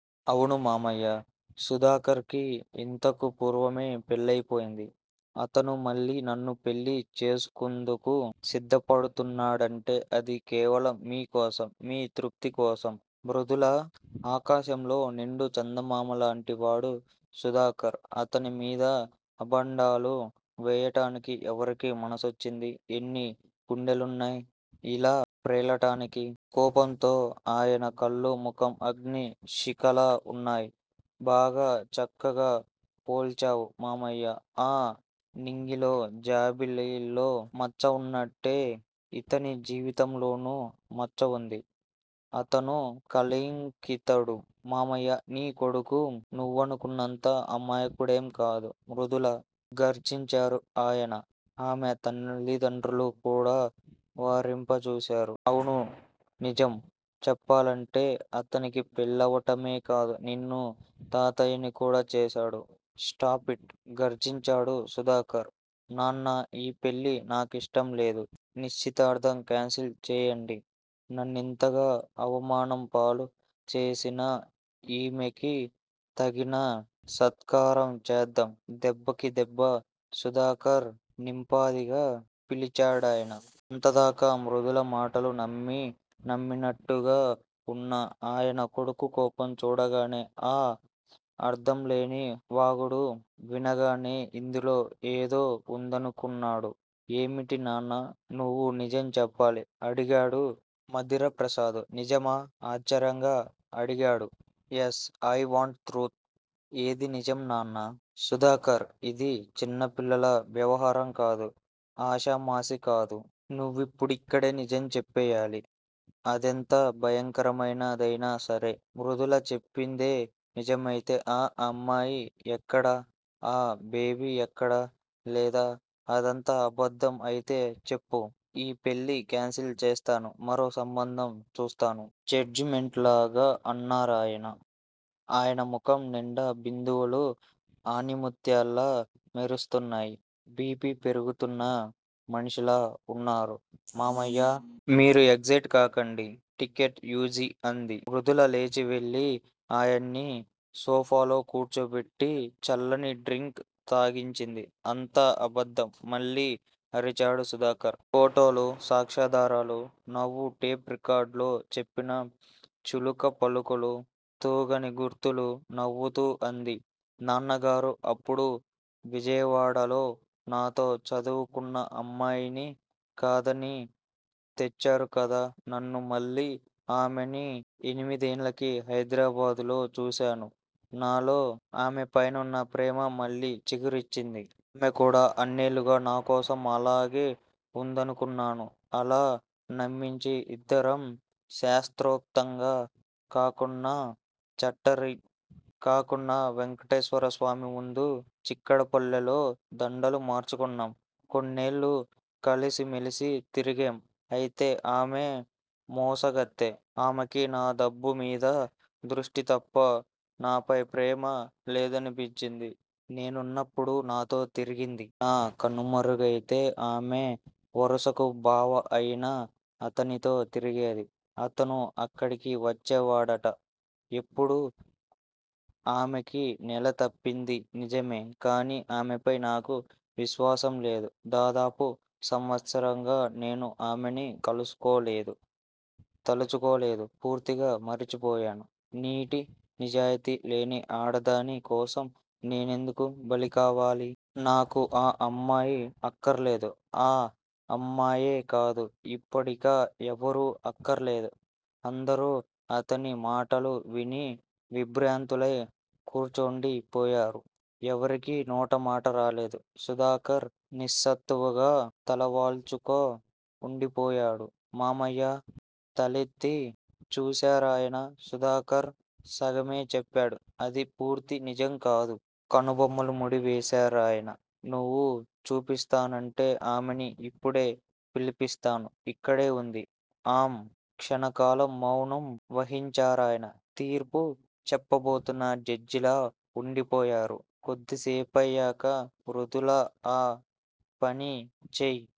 అవును మామయ్యా! సుధాకర్ కి యింతకు పూర్వమే పెళ్ళయిపోయింది. అతను మళ్ళీ నన్ను పెళ్ళీ చేసుకుందుకి సిద్దపడుతున్నాడంటే అది కేవలం మీ కోసం మీ తృప్తి కోసం! మృదులా! ఆకాశంలో నిండు చందమామాలాoటి వాడు సుధాకర్! అతని మీద అభాండాలు వేయటానికి ఎవరికీ మనసోచ్చింది? ఎన్ని గుండెలున్నాయ్ యిలా ప్రేలటానికి? కోపంతో అయన కళ్ళు, ముఖం అగ్ని శిఖలా వున్నాయి. బాగా చక్కగా పోల్చావు మామయ్యా! ఆ నింగిలో జాబిల్లిలో మచ్చవున్నట్టే యితని జీవితంలోనూ మచ్చవుంది. అతను కళింకితుడు మావయ్యా నీ కొడుకు నువ్వనుకున్నంత అమాయకుడెం కాదు! మృదులా! గర్జించారు అయన. ఆమె తలిదండ్రులు కూడా వారింప చూశారు. అవును! నిజం చెప్పాలంటే అతనికి పెళ్ళవటమే కాదు నిన్ను తాతయ్యని కూడా చేశాడు! స్టాఫిట్! గర్జించాడు సుధాకర్. నాన్నా ఈ పెళ్ళి నాకిష్టంలేదు. నిశ్చితార్దం కేన్సిల్ చేయండి. నన్నింతగా అవమానం పాలు చేసిన ఈమెకి తగిన సత్కారం చేద్దాం. దెబ్బకి దెబ్బ! సుధాకర్! నింపాదిగా పిలిచాడాయన. అంతదాకా మృదుల మాటలు నమ్మి నమ్మనట్టుగా వున్న అయన కొడుకు కోపం చూడగానే, ఆ అర్ధంలేని వాగుడు వినగానే ఇందులో ఏదో వుందనుకున్నాడు. ఏమిటి నాన్నా! నువ్వు నిజం చెప్పాలి! అడిగాడు మధిరప్రసాదు. నిజమా! ఆశ్చర్యంగా అడిగాడు. యస్! అయ్ వాంట్ ట్రూత్! ఏది నిజం నాన్నా? సుధాకర్! ఇది చిన్నపిల్లలా వ్యవహారం కాదు. ఆశామషీకాదు. నువ్విప్పుడిక్కడే నిజం చెప్పెయ్యాలి. అదెంత భయకంరమైన దైనా సరే! మృదుల చెప్పిందే నిజమయితే ఆ అమ్మాయి ఎక్కడ? ఆ బేబీ ఎక్కడ? లేదా అదంతా అబద్దం అయితే చెప్పు ఈ పెళ్ళి కాన్సిల్ చేస్తాను మరో సంబంధం చూస్తాను! జడ్జిమెంటులాగా అన్నారాయన. అయన ముఖం నిండా బిందువులు అణిముత్యాల్లా మెరుస్తున్నాయి బి. పి పెరుగుతున్న మనిషిలా వున్నారు. మామయ్యా! మీరు ఎగ్ సైట్ కాకండి. Take it easy! అంది. మృదుల లేచి వెళ్ళి ఆయన్ని సోఫాలో కూర్చోబెట్టి, చల్లని డ్రింక్ తాగించింది. అంతా అబద్దం! మళ్ళీ అరిచాడు సుధాకర్. పోటోలు సాక్ష్యాదారాలు! నవ్వు టేఫ్ రికార్డ్ లో చెప్పిన చిలక పలుకులు తూగని గుర్తులు! నవ్వుతూ అంది. నాన్నగారూ అప్పుడు విజయవాడలో, నాతో చదువు కున్న అమ్మాయిని కాదని తెచ్చారు కదా నన్ను మళ్ళీ ఆమెని ఎనిమిదేళ్ళకి హైదరాబాదు లో చూశాను. నాలో ఆమెపైనవున్న ప్రేమ మళ్ళీ చిగిర్చింది. ఆమెకూడా అన్నేళ్లుగా నాకోసం అలాగే వుందనుకున్నాను అలా నమ్మిచి ఇద్దరం శాస్త్రోక్తంగా కాకున్నా, చట్టరి కాకున్నా వెంకటేశ్వర స్వామి ముందు చిక్కడపల్లిలో దండలు మార్చుకున్నాం, కొన్నేళ్ళు కలసిమెలసి తిరిగేం అయితే ఆమె మోసగత్తె ఆమెకి నాదబ్బు మీద దృష్టే తప్ప నాపై ప్రేమ లేదనిపిచి నేన్నున్నప్పుడు నాతో తిరిగింది. నా కనుమరుగైతే ఆమె వరుసకు బావ అయిన అతనితో తిరిగేది. అతను అక్కడికి వచ్చేవాడట ఎప్పుడూ ఆమెకి నెల తప్పింది నిజమే! కానీ ఆమెపై నాకు విశ్వాసంలేదు. దాదాపు సంవత్సరంగా నేను ఆమెని కలుసుకో లేదు తలచుకోలేదు. పూర్తిగా మరచిపోయాను. నీటి, నిజాయితీ లేని ఆడదాని కోసం నేనెందుకు బలికావాలి! నాకు ఆ అమ్మాయి అక్కర్లేదు ఆ అమ్మాయే కాదు ఇప్పుడిక ఎవరూ అక్కర్లేదు! అందరూ అతని మాటలు విని విభ్రాంతులై కూర్చోండి పోయారు. ఎవరికీ నోటమాటరాలేదు. సుధాకర్ నిస్సత్తువుగా తలవాల్చు కో. వుండిపోయాడు. మామయ్యా! తలెత్తి చూశారాయన సుధాకర్ సగమే చెప్పాడు. అది పూర్తి నిజం కాదు! కనుబొమలు ముడి వేశారాయన. నువ్వు చూస్తానంటే ఆమెని. యిప్పుడే పిలిపిస్తాను! ఇక్కడే వుంది? అం, క్షణకాలం మౌనం వహించారాయణ. తీర్పు చెప్పబోతున్న జడ్జిలా వుండిపోయారు. కొద్దిసేపయ్యాక మృదులా! ఆ పని చెయ్!